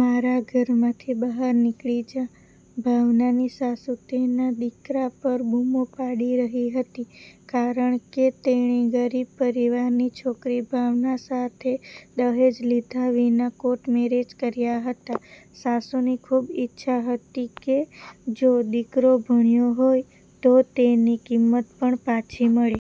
મારા ઘરમાંથી બહાર નિકળી જા, ભાવનાની સાસુ તેના દીકરા પર બૂમો પાડી રહી હતી કારણ કે તેણે ગરીબ પરિવારની છોકરી ભાવના સાથે દહેજ લીધા વિના કોર્ટ મેરેજ કર્યા હતા. સાસુની ખૂબ ઇચ્છા હતી કે જો દીકરો ભણ્યો હોય તો તેની કિંમત પણ પાછી મળે.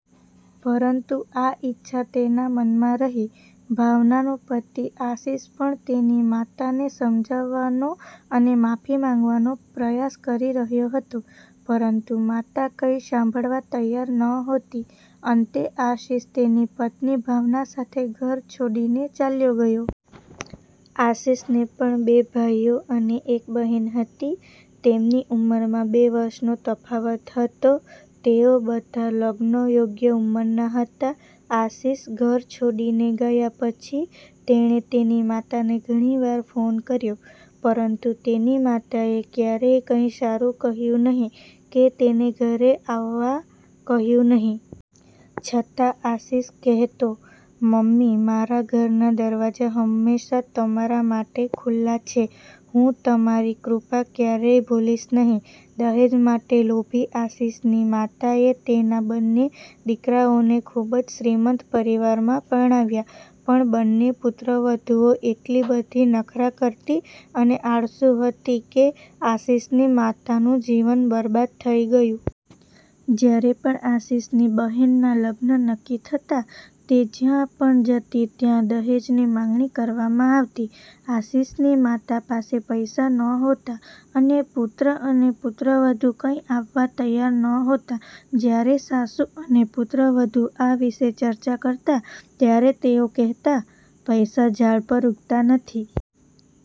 પરંતુ આ ઇચ્છા તેના મનમાં રહી. ભાવનાનો પતિ આશિષ પણ તેની માતાને સમજાવવાનો અને માફી માંગવાનો પ્રયાસ કરી રહ્યો હતો, પરંતુ માતા કંઈ સાંભળવા તૈયાર નહોતી. અંતે, આશિષ તેની પત્ની ભાવના સાથે ઘર છોડીને ચાલ્યો ગયો. આશિષને પણ બે ભાઈઓ અને એક બહેન હતી. તેમની ઉંમરમાં બે વર્ષનો તફાવત હતો. તેઓ બધા લગ્નયોગ્ય ઉંમરના હતા. આશિષ ઘર છોડીને ગયા પછી, તેણે તેની માતાને ઘણી વાર ફોન કર્યો, પરંતુ તેની માતાએ ક્યારેય કંઈ સારું કહ્યું નહીં કે તેને ઘરે આવવા કહ્યું નહીં. છતાં, આશિષ કહેતો, મમ્મી, મારા ઘરના દરવાજા હંમેશા તમારા માટે ખુલ્લા છે. હું તમારી કૃપા ક્યારેય ભૂલીશ નહીં. દહેજ માટે લોભી આશિષની માતાએ તેના બંને દીકરાઓને ખૂબ જ શ્રીમંત પરિવારમાં પરણાવ્યા. પણ બંને પુત્રવધૂઓ એટલી બધી નખરાં કરતી અને આળસુ હતી કે આશિષની માતાનું જીવન બરબાદ થઈ ગયું. જ્યારે પણ આશિષની બહેનના લગ્ન નક્કી થતા, તે જ્યાં પણ જતી ત્યાં દહેજની માંગણી કરવામાં આવતી. આશિષની માતા પાસે પૈસા નહોતા, અને પુત્ર અને પુત્રવધૂ કંઈ આપવા તૈયાર નહોતા. જ્યારે સાસુ અને પુત્રવધૂ આ વિશે ચર્ચા કરતા, ત્યારે તેઓ કહેતા, પૈસા ઝાડ પર ઉગતા નથી.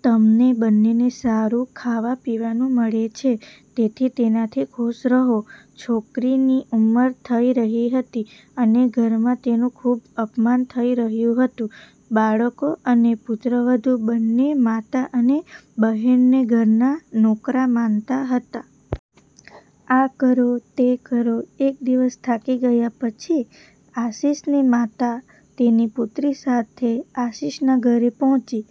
તમને બંનેને સારું ખાવા-પીવાનું મળે છે, તેથી તેનાથી ખુશ રહો! છોકરીની ઉમર થઈ રહી હતી અને ઘરમાં તેનું ખૂબ અપમાન થઈ રહ્યું હતું. બાળકો અને પુત્રવધૂ બંને માતા અને બહેનને ઘરના નોકરા માનતા હતા. આ કરો, તે કરો.. એક દિવસ, થાકી ગયા પછી, આશિષની માતા તેની પુત્રી સાથે આશિષના ઘરે પહોંચી.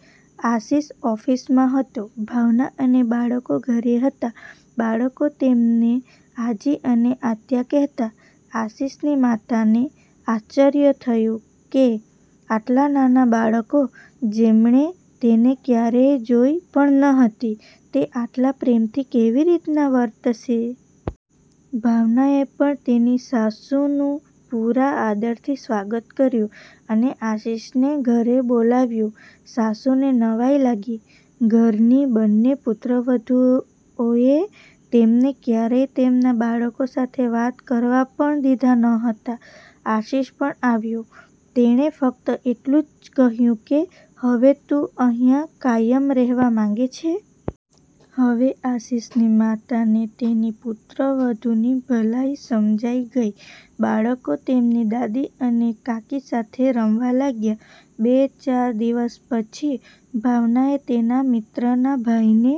આશિષ ઓફિસમાં હતો. ભાવના અને બાળકો ઘરે હતા. બાળકો તેમને આજી અને આત્યા કહેતા. આશિષની માતાને આશ્ચર્ય થયું કે આટલા નાના બાળકો, જેમણે તેને ક્યારેય જોઈ પણ ન હતી, તે આટલા પ્રેમથી કેવી રીતે વર્તશે? ભાવનાએ પણ તેની સાસુનું પૂરા આદરથી સ્વાગત કર્યું અને આશિષને ઘરે બોલાવ્યું. સાસુને નવાઈ લાગી; ઘરની બંને પુત્રવધૂઓએ તેમને ક્યારેય તેમના બાળકો સાથે વાત કરવા પણ દીધા ન હતા. આશિષ પણ આવ્યો. તેણે ફક્ત એટલું જ કહ્યું કે હવે તું અહીં કાયમ રહેવા માંગે છે. હવે આશિષની માતાને તેની પુત્રવધૂની ભલાઈ સમજાઈ ગઈ. બાળકો તેમની દાદી અને કાકી સાથે રમવા લાગ્યા. બે-ચાર દિવસ પછી, ભાવનાએ તેના મિત્રના ભાઈને